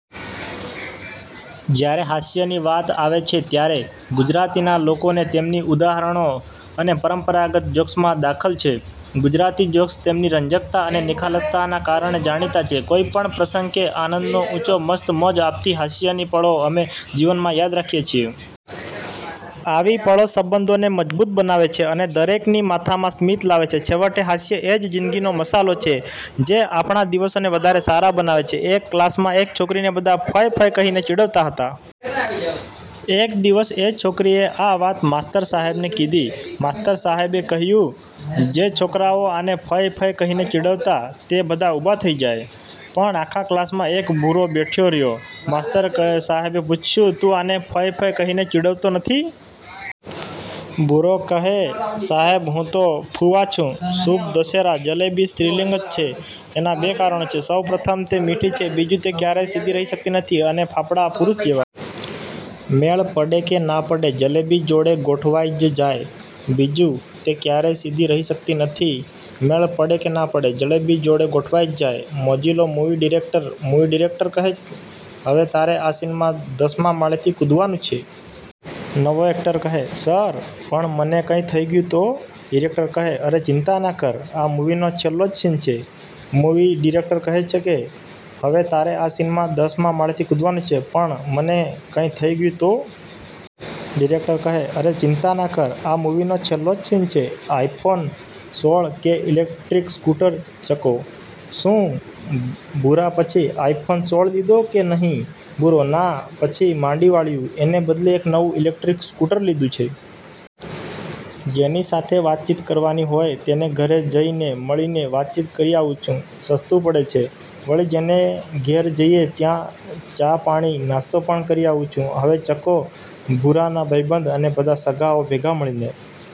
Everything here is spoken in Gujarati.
જ્યારે હાસ્યની વાત આવે છે, ત્યારે ગુજરાતીના લોકોને તેમની ઉદાહરણો અને પરંપરાગત જોક્સમાં દખલ છે. ગુજરાતી જોક્સ તેમની રંજકતા અને નિખાલસતાના કારણે જાણીતા છે. કોઈપણ પ્રસંગ કે આનંદનો ઊંચો મસ્ત મોજ આપતી હાસ્યની પળો અમે જીવનમાં યાદ રાખીએ છીએ. આવી પળો સંબંધોને મજબૂત બનાવે છે અને દરેકની માથામાં સ્મિત લાવે છે. છેવટે, હાસ્ય એ જ જિંદગીનો મસાલો છે, જે આપણા દિવસોને વધારે સારા બનાવે છે. એક ક્લાસ માં એક છોકરી ને બધા "ફય" "ફય" કહી ને ચીડવતા હતા. એક દિવસ એ છોકરીએ આ વાત માસ્તર સાહેબ ને કિધી. માસ્તર સાહેબ કહ્યું: જે છોકરાઓ આને,"ફય" "ફય" કહી ને ચીડવતા તે બધા ઊભા થઈ જાય. પણ આખા ક્લાસમાં એક ભૂરો બેઠો રયો. માસ્તર સહેબે પૂછ્યું: તું આને "ફય" "ફય" કહી ને ચીડવતો નથી? ભૂરો કયે: સાયબ હું તો "ફુવા" છું. શુભ દશેરા જલેબી સ્ત્રીલિંગ જ છે.. એના બે કારણો છે.. સૌ પ્રથમ તે મીઠી છે, બીજું, તે ક્યારેય સીધી રહી શકતી નથી.. અને ફાફડા પુરુષ જેવા? મેળ પડે કે ના પડે જલેબી જોડે ગોઠવાઈ જ જાય.. બીજું, તે ક્યારેય સીધી રહી શકતી નથી.. મેળ પડે કે ના પડે જલેબી જોડે ગોઠવાઈ જ જાય.. મોજીલો મુવી ડિરેકટર મુવી ડિરેકટર કહે: હવે તારે આ સીનમાં દસ માં માળેથી કૂદવાનું છે. નવો એકટર: સર, પણ મને કંઇ થઇ ગયું તો? ડિરેકટર: અરે ચિંતા ના કર, આ મુવીનો છેલ્લો જ સીન છે. મુવી ડિરેકટર કહે: હવે તારે આ સીનમાં દસ માં માળેથી કૂદવાનું છે. પણ મને કંઇ થઇ ગયું તો? ડિરેકટર: અરે ચિંતા ના કર, આ મુવીનો છેલ્લો જ સીન છે. આઈફોન સોળ કે ઇલેકટ્રીક સ્કૂટર ચકો: શું ભૂરા પછી "આઈફોન સોળ" લીધો કે નહિ? ભૂરો: ના, પછી માંડી વાળ્યું. એને બદલે નવું એક "ઇલેકટ્રીક સ્કૂટર" લીધું છે. જેની સાથે વાતચીત કરવાની હોય તેને ઘરે જઈ ને મળીને વાતચીત કરી આવું છું. સસ્તું પડે છે, વળી જેના ઘેર જઈએ ત્યાં ચા-પાણી-નાસ્તો પણ કરી આવું છું. હવે ચકો, ભૂરાના ભાઈબંધ અને બધા સગાઓ ભેગા મળીને